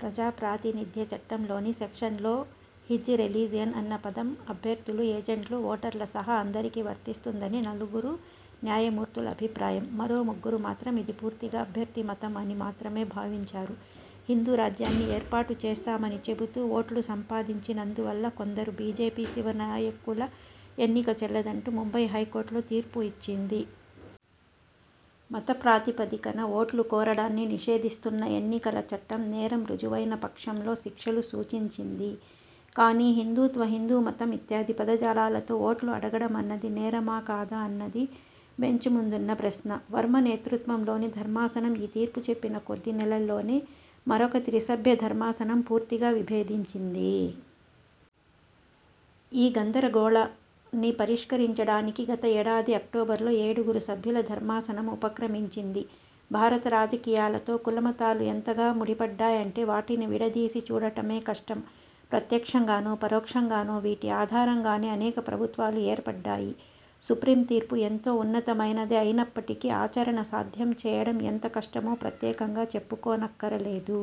ప్రజాప్రాతినిథ్య చట్టంలోని సెక్షన్ లో 'his religion' అన్న పదం అభ్యర్థులు, ఏజెంట్లు, ఓటర్ల సహా అందరికీ వర్తిస్తుందని నలుగురు న్యాయమూర్తుల అభిప్రాయం. మరో ముగ్గురు మాత్రం ఇది పూర్తిగా అభ్యర్థిమతం అని మాత్రమే భావించారు. హిందూ రాజ్యాన్ని ఏర్పాటు చేస్తామని చెబుతూ ఓట్లు సంపాదించినందువల్ల కొందరు బీజేపీ, శివసేననాయకుల ఎన్నిక చెల్లదంటూ ముంబై హైకోర్టు లో తీర్పు ఇచ్చింది. మత ప్రాతిపదికన ఓట్లు కోరడాన్ని నిషేధిస్తున్న ఎన్నికల చట్టం నేరం రుజువైన పక్షంలో శిక్షలూ సూచించింది. కానీ, హిందూత్వ, హిందూమతం ఇత్యాది పదజాలాలతో ఓట్లు అడగడమన్నది నేరమా కాదా అన్నది బెంచ్ముందున్న ప్రశ్న. వర్మ నేతృత్వంలోని ధర్మాసనం ఈ తీర్పు చెప్పిన కొద్దినెలల్లోనే, మరొక త్రిసభ్య ధర్మాసనం పూర్తిగా విభేదించింది. ఈ గందరగోళాన్ని పరిష్కరించడానికి గత ఏడాది అక్టోబర్లో ఏడుగురు సభ్యుల ధర్మాసనం ఉపక్రమించింది. భారత రాజకీయాలతో కులమతాలు ఎంతగా ముడివడ్డాయంటే వాటిని విడదీసి చూడటమే కష్టం. ప్రత్యక్షంగానో, పరోక్షంగానో వీటి ఆధారంగానే అనేక ప్రభుత్వాలు ఏర్పడ్డాయి. సుప్రీం తీర్పు ఎంతో ఉన్నతమైనదే అయినప్పటికీ, ఆచరణ సాధ్యం చేయడం ఎంత కష్టమో ప్రత్యేకంగా చెప్పుకోనక్కరలేదు.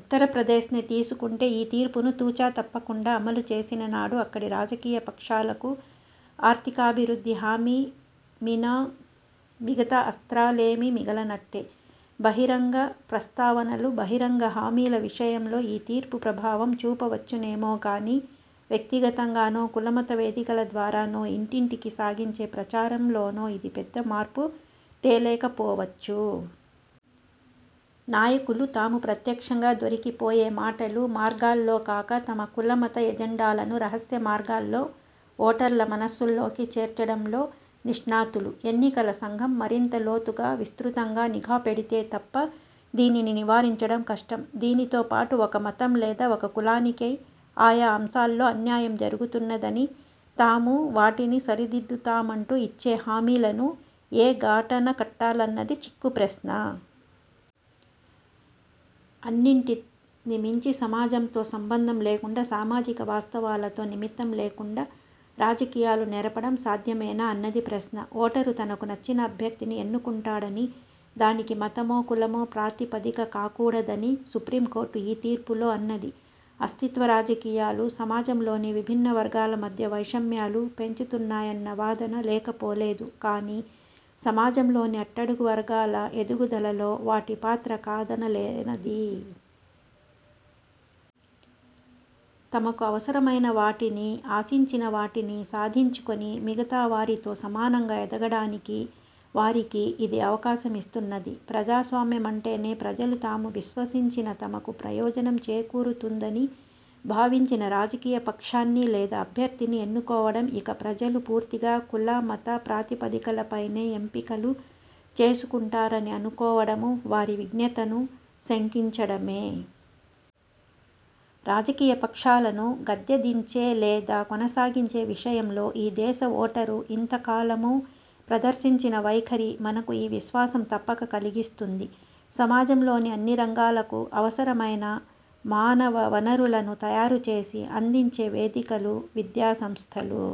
ఉత్తరప్రదేశ్నే తీసుకుంటే, ఈ తీర్పును తూచ తప్పకుండా అమలు చేసిననాడు అక్కడి రాజకీయపక్షాలకు ఆర్థికాభివృద్ధి హామీ వినా మిగతా అస్త్రాలేమీ మిగలనట్టే. బహిరంగ ప్రస్తావనలు, బహిరంగ హామీల విషయంలో ఈ తీర్పు ప్రభావం చూపవచ్చునేమో కానీ, వ్యక్తిగతంగానో, కులమత వేదికలద్వారానో, ఇంటింటికీ సాగించే ప్రచారంలోనో ఇది పెద్ద మార్పు తేలేకపోవచ్చు. నాయకులు తాము ప్రత్యక్షంగా దొరికిపోయే మాటలూ, మార్గాల్లో కాక, తమ కుల మత ఎజెండాలను రహస్యమార్గాల్లో ఓటర్ల మనస్సుల్లోకి చేర్చడంలో నిష్ణాతులు. ఎన్నికల సంఘం మరింత లోతుగా, విస్తృతంగా నిఘాపెడితే తప్ప దీనిని నివారించడం కష్టం. దీనితోపాటు, ఒక మతం లేదా ఒక కులానికి ఆయా అంశాల్లో అన్యాయం జరుగుతున్నదనీ, తాము వాటిని సరిదిద్దుతామంటూ ఇచ్చే హామీలను ఏ గాటన కట్టాలన్నది చిక్కుప్రశ్న. అన్నింటికీ మించి, సమాజంతో సంబంధం లేకుండా, సామాజిక వాస్తవాలతో నిమిత్తం లేకుండా రాజకీయాలు నెరపడం సాధ్యమేనా అన్నది ప్రశ్న. ఓటరు తనకు నచ్చిన అభ్యర్థిని ఎన్నుకుంటాడనీ, దానికి మతమో కులమో ప్రాతిపదిక కాకూడదని సుప్రీంకోర్టు ఈ తీర్పులో అన్నది. అస్తిత్వ రాజకీయాలు సమాజంలోని విభిన్నవర్గాల మధ్య వైషమ్యాలు పెంచుతున్నాయన్న వాదన లేకపోలేదు కానీ, సమాజంలోని అట్టడుగువర్గాల ఎదుగుదలలో వాటి పాత్ర కాదనలేనది. తమకు అవసరమైనవాటినీ, ఆశించినవాటినీ సాధించుకొని మిగతావారితో సమానంగా ఎదగడానికి వారికి ఇది అవకాశమిస్తున్నది. ప్రజాస్వామ్యమంటేనే ప్రజలు తాము విశ్వసించిన, తమకు ప్రయోజనం చేకూరుతుందని భావించిన రాజకీయపక్షాన్నీ లేదా అభ్యర్థిని ఎన్నుకోవడం. ఇక, ప్రజలు పూర్తిగా కుల, మత ప్రాతిపదికలపైనే ఎంపికలు చేసుకుంటారని అనుకోవడమూ వారి విజ్ఞతను శంకించడమే. రాజకీయపక్షాలను గద్దెదించే లేదా కొనసాగించే విషయంలో ఈ దేశ ఓటరు ఇంతకాలమూ ప్రదర్శించిన వైఖరి మనకు ఈ విశ్వాసం తప్పక కలిగిస్తుంది. సమాజంలోని అన్నిరంగాలకు అవసరమైన మానవ వనరులను తయారుచేసి, అందించే వేదికలు విద్యాసంస్థలు.